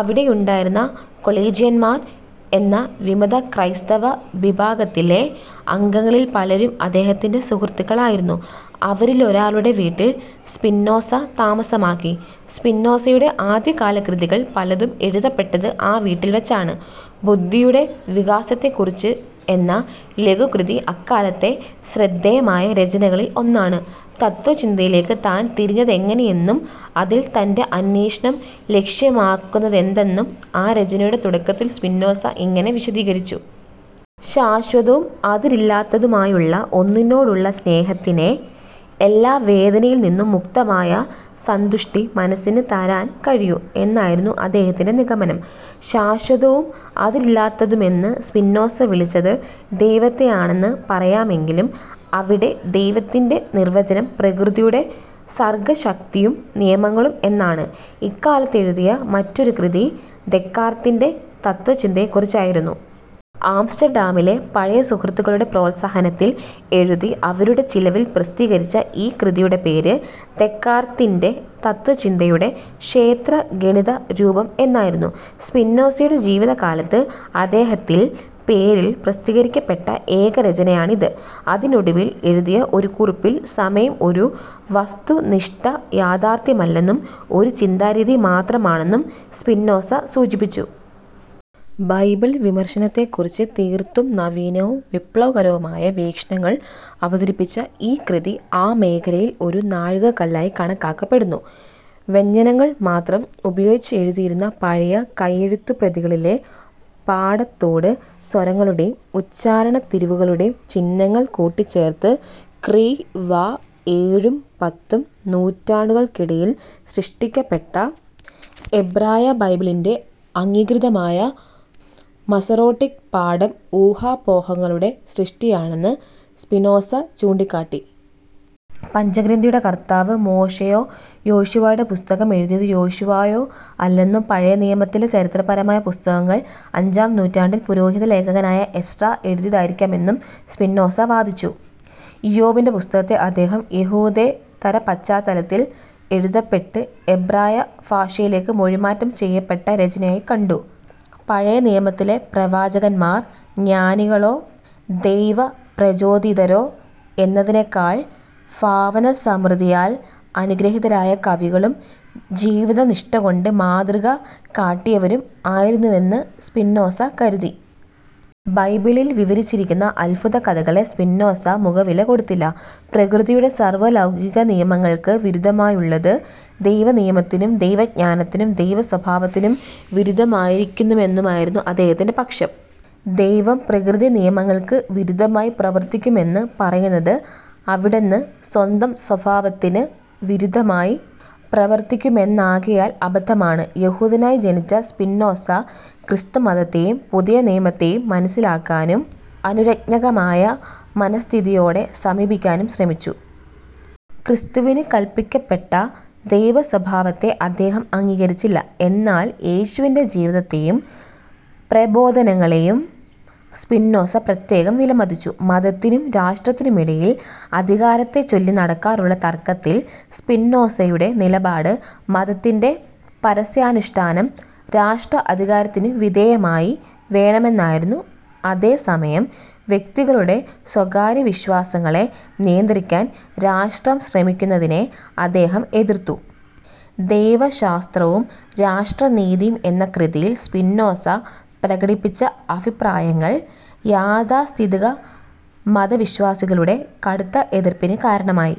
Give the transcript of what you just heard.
അവിടെയുണ്ടായിരുന്ന കൊളേജിയന്മാർ എന്ന വിമതക്രൈസ്തവവിഭാഗത്തിലെ അംഗങ്ങളിൽ പലരും അദ്ദേഹത്തിന്റെ സുഹൃത്തുക്കളായിരുന്നു. അവരിലൊരാളുടെ വീട്ടിൽ സ്പിനോസ താമസമാക്കി. സ്പിനോസയുടെ ആദ്യകാലകൃതികൾ പലതും എഴുതപ്പെട്ടത് ആ വീട്ടിൽ വച്ചാണ്. ബുദ്ധിയുടെ വികാസത്തെക്കുറിച്ച് എന്ന ലഘുകൃതി അക്കാലത്തെ ശ്രദ്ധേയമായ രചനകളിൽ ഒന്നാണ്. തത്ത്വചിന്തയിലേക്ക് താൻ തിരിഞ്ഞതെങ്ങനെയെന്നും അതിൽ തന്റെ അന്വേഷണം ലക്ഷ്യമാക്കുന്നതെന്തെന്നും ആ രചനയുടെ തുടക്കത്തിൽ സ്പിനോസ ഇങ്ങനെ വിശദീകരിച്ചു. ശാശ്വതവും അതിരില്ലാത്തതുമായുള്ള ഒന്നിനോടുള്ള സ്നേഹത്തിനേ എല്ലാ വേദനയിൽ നിന്നും മുക്തമായ സന്തുഷ്ടി മനസ്സിന് തരാൻ കഴിയൂ എന്നായിരുന്നു അദ്ദേഹത്തിന്റെ നിഗമനം. ശാശ്വതവും അതിരില്ലാത്തതുമെന്ന് സ്പിനോസ വിളിച്ചത് ദൈവത്തെയാണെന്ന് പറയാമെങ്കിലും അവിടെ ദൈവത്തിന്റെ നിർവചനം പ്രകൃതിയുടെ സർഗ്ഗശക്തിയും നിയമങ്ങളും എന്നാണ്. ഇക്കാലത്തെഴുതിയ മറ്റൊരു കൃതി ദെക്കാർത്തിന്റെ തത്ത്വചിന്തയെക്കുറിച്ചായിരുന്നു. ആംസ്റ്റർഡാമിലെ പഴയ സുഹൃത്തുക്കളുടെ പ്രോത്സാഹനത്തിൽ എഴുതി അവരുടെ ചെലവിൽ പ്രസിദ്ധീകരിച്ച ഈ കൃതിയുടെ പേര്, ദെക്കാർത്തിന്റെ തത്ത്വചിന്തയുടെ ക്ഷേത്രഗണിതരൂപം എന്നായിരുന്നു. സ്പിനോസയുടെ ജീവിതകാലത്ത് അദ്ദേഹത്തിൽ പേരിൽ പ്രസിദ്ധീകരിക്കപ്പെട്ട ഏകരചനയാണിത്. അതിനൊടുവിൽ എഴുതിയ ഒരു കുറിപ്പിൽ സമയം ഒരു വസ്തുനിഷ്ഠയാഥാർഥ്യമല്ലെന്നും ഒരു ചിന്താരീതി മാത്രമാണെന്നും സ്പിനോസ സൂചിപ്പിച്ചു. ബൈബിൾ വിമർശനത്തെക്കുറിച്ച് തീർത്തും നവീനവും വിപ്ലവകരവുമായ വീക്ഷണങ്ങൾ അവതരിപ്പിച്ച ഈ കൃതി ആ മേഖലയിൽ ഒരു നാഴികക്കല്ലായി കണക്കാക്കപ്പെടുന്നു. വ്യഞ്ജനങ്ങൾ മാത്രം ഉപയോഗിച്ചെഴുതിയിരുന്ന പഴയ കൈയെഴുത്തുപ്രതികളിലെ പാഠത്തോട്, സ്വരങ്ങളുടേയും ഉച്ചാരണത്തിരിവുകളുടേയും ചിഹ്നങ്ങൾ കൂട്ടിച്ചേർത്ത് ക്രി. വ. ഏഴും പത്തും നൂറ്റാണ്ടുകൾക്കിടയിൽ സൃഷ്ടിക്കപ്പെട്ട എബ്രായബൈബിളിന്റെ അംഗീകൃതമായ മസോറട്ടിക് പാഠം ഊഹാപോഹങ്ങളുടെ സൃഷ്ടിയാണെന്ന് സ്പിനോസ ചൂണ്ടിക്കാട്ടി. പഞ്ചഗ്രന്ഥിയുടെ കർത്താവ് മോശെയോ യോശുവായുടെ പുസ്തകം എഴുതിയത് യോശുവയോ അല്ലെന്നും പഴയനിയമത്തിലെ ചരിത്രപരമായ പുസ്തകങ്ങൾ അഞ്ചാം നൂറ്റാണ്ടിൽ പുരോഹിതലേഖകനായ എസ്രാ എഴുതിയതായിരിക്കാമെന്നും സ്പിനോസ വാദിച്ചു. ഇയ്യോബിന്റെ പുസ്തകത്തെ അദ്ദേഹം, യഹൂദേതരപശ്ചാത്തലത്തിൽ എഴുതപ്പെട്ട് എബ്രായഭാഷയിലേക്ക് മൊഴിമാറ്റം ചെയ്യപ്പെട്ട രചനയായി കണ്ടു. പഴയനിയമത്തിലെ പ്രവാചകന്മാർ ജ്ഞാനികളോ, ദൈവപ്രചോദിതരോ എന്നതിനേക്കാൾ ഭാവനാസമൃദ്ധിയാൽ അനുഗൃഹീതരായ കവികളും ജീവിതനിഷ്ടകൊണ്ട് മാതൃകകാട്ടിയവരും ആയിരുന്നെന്ന് സ്പിനോസ കരുതി. ബൈബിളിൽ വിവരിച്ചിരിക്കുന്ന അത്ഭുതകഥകളെ സ്പിനോസ മുഖവിലക്കെടുത്തില്ല. പ്രകൃതിയുടെ സാർവലൗകികനിയമങ്ങൾക്ക് വിരുദ്ധമായുള്ളത് ദൈവനിയമത്തിനും, ദൈവജ്ഞാനത്തിനും, ദൈവസ്വഭാവത്തിനും വിരുദ്ധമായിരിക്കുമെന്നായിരുന്നു അദ്ദേഹത്തിന്റെ പക്ഷം. ദൈവം പ്രകൃതിനിയമങ്ങൾക്കു വിരുദ്ധമായി പ്രവർത്തിക്കുമെന്നു പറയുന്നത് അവിടന്ന് സ്വന്തം സ്വഭാവത്തിനു വിരുദ്ധമായി പ്രവർത്തിക്കുമെന്നാകയാൽ അബദ്ധമാണ്. യഹൂദനയി ജനിച്ച സ്പിനോസ, ക്രിസ്തുമതത്തെയും പുതിയനിയമത്തെയും മനസ്സിലാക്കാനും അനുരജ്ഞകമായ മനസ്ഥിതിയോടെ സമീപിക്കാനും ശ്രമിച്ചു. ക്രിസ്തുവിന് കല്പിക്കപ്പെട്ട ദൈവസ്വഭാവത്തെ അദ്ദേഹം അംഗീകരിച്ചില്ല. എന്നാൽ യേശുവിന്റെ ജീവിതത്തെയും പ്രബോധനങ്ങളേയും സ്പിനോസ പ്രത്യേകം വിലമതിച്ചു. മതത്തിനും രാഷ്ട്രത്തിനുമിടയിൽ അധികാരത്തെച്ചൊല്ലി നടക്കാറുള്ള തർക്കത്തിൽ സ്പിനോസയുടെ നിലപാട്, മതത്തിന്റെ പരസ്യാനുഷ്ടാനം രാഷ്ട്രാധികാരത്തിനുവിധേയമായി വേണമെന്നായിരുന്നു. അതേസമയം, വ്യക്തികളുടെ സ്വകാര്യവിശ്വാസങ്ങളെ നിയന്ത്രിക്കാൻ രാഷ്ട്രം ശ്രമിക്കുന്നതിനെ അദ്ദേഹം എതിർത്തു. ദൈവശാസ്ത്രവും രാഷ്ട്രനീതിയും എന്ന കൃതിയിൽ സ്പിനോസ പ്രകടിപ്പിച്ച അഭിപ്രായങ്ങൾ യാഥാസ്ഥിതികമതവിശ്വാസികളുടെ കടുത്ത എതിർപ്പിന് കാരണമായി.